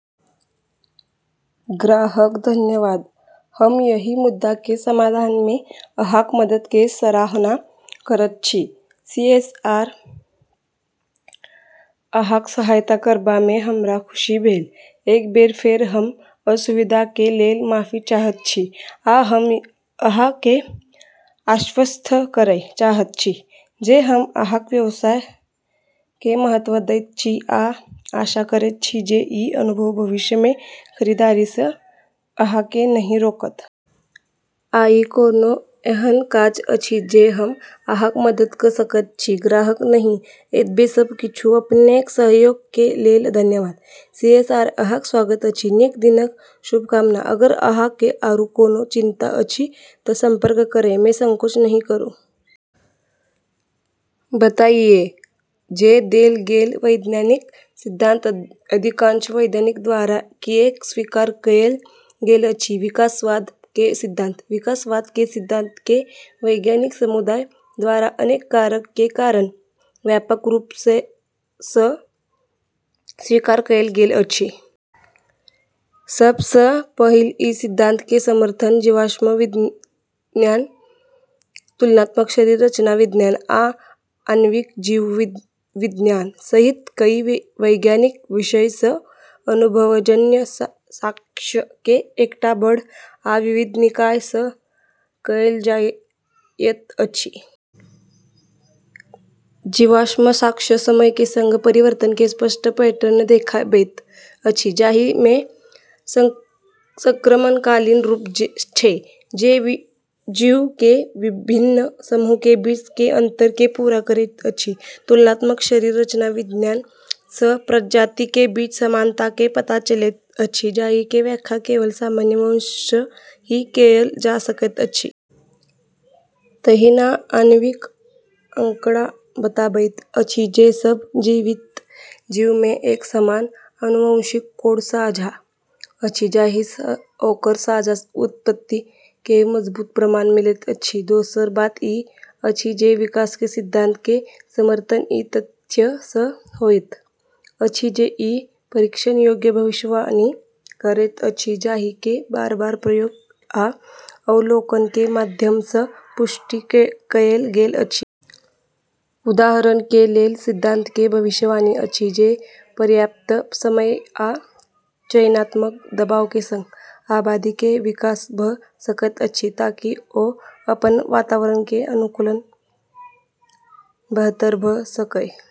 ग्राहक: धन्यवाद, हम एहि मुद्दा के समाधान मे अहाँक मदद के सराहना करैत छी। सीएसआर: अहाँक सहायता करबा मे हमरा खुशी भेल। एक बेर फेर हम असुविधा के लेल माफी चाहैत छी, आ हम अहाँ के आश्वस्त करय चाहैत छी जे हम अहाँक व्यवसाय के महत्व दैत छी आ आशा करैत छी जे ई अनुभव भविष्य मे खरीदारी सँ अहाँ के नहि रोकत। आइ कोनो एहन काज अछि जे हम अहाँक मदद क' सकैत छी? ग्राहक: नहि, एतबे सब किछु। अपनेक सहयोग के लेल धन्यवाद। सीएसआर: अहाँक स्वागत अछि। नीक दिनक शुभकामना! अगर अहाँ के आरू कोनो चिंता अछि त' संपर्क करय मे संकोच नहि करु। बताइए जे देल गेल वैज्ञानिक सिद्धांत अधिकांश वैज्ञानिक द्वारा किएक स्वीकार कएल गेल अछि: विकासवाद के सिद्धांत। विकासवाद के सिद्धांत के वैज्ञानिक समुदाय द्वारा अनेक कारक के कारण व्यापक रूप सँ स्वीकार कएल गेल अछि। सभ सँ पहिल ई सिद्धांत के समर्थन जीवाश्म विज्ञान, तुलनात्मक शरीर रचना विज्ञान, आ आणविक जीव विज्ञान सहित कई वैज्ञानिक विषय सँ अनुभवजन्य साक्ष्य के एकटा बड़ आ विविध निकाय सँ कएल जाएत अछि। जीवाश्म साक्ष्य समय के संग परिवर्तन के स्पष्ट पैटर्न देखाबैत अछि, जाहि मे संक्रमणकालीन रूप छै जे जीव के विभिन्न समूह के बीच के अंतर के पूरा करैत अछि। तुलनात्मक शरीर रचना विज्ञान सँ प्रजाति के बीच समानता के पता चलैत अछि जाहि के व्याख्या केवल सामान्य वंश सँ ही कएल जा सकैत अछि। तहिना आणविक आंकड़ा बताबैत अछि जे सब जीवित जीव मे एक समान आनुवंशिक कोड साझा अछि, जाहि सँ ओकर साझा उत्पत्ति के मजबूत प्रमाण मिलैत अछि। दोसर बात ई अछि जे विकास के सिद्धांत के समर्थन ई तथ्य सँ होइत अछि जे ई परीक्षण योग्य भविष्यवाणी करैत अछि जाहि के बार-बार प्रयोग आ अवलोकन के माध्यम सँ पुष्टि कएल गेल अछि। उदाहरण के लेल सिद्धांत के भविष्यवाणी अछि जे, पर्याप्त समय आ चयनात्मक दबाव के संग, आबादी के विकास भ सकैत अछि ताकि ओ अपन वातावरण के अनुकूल बेहतर भ सकय।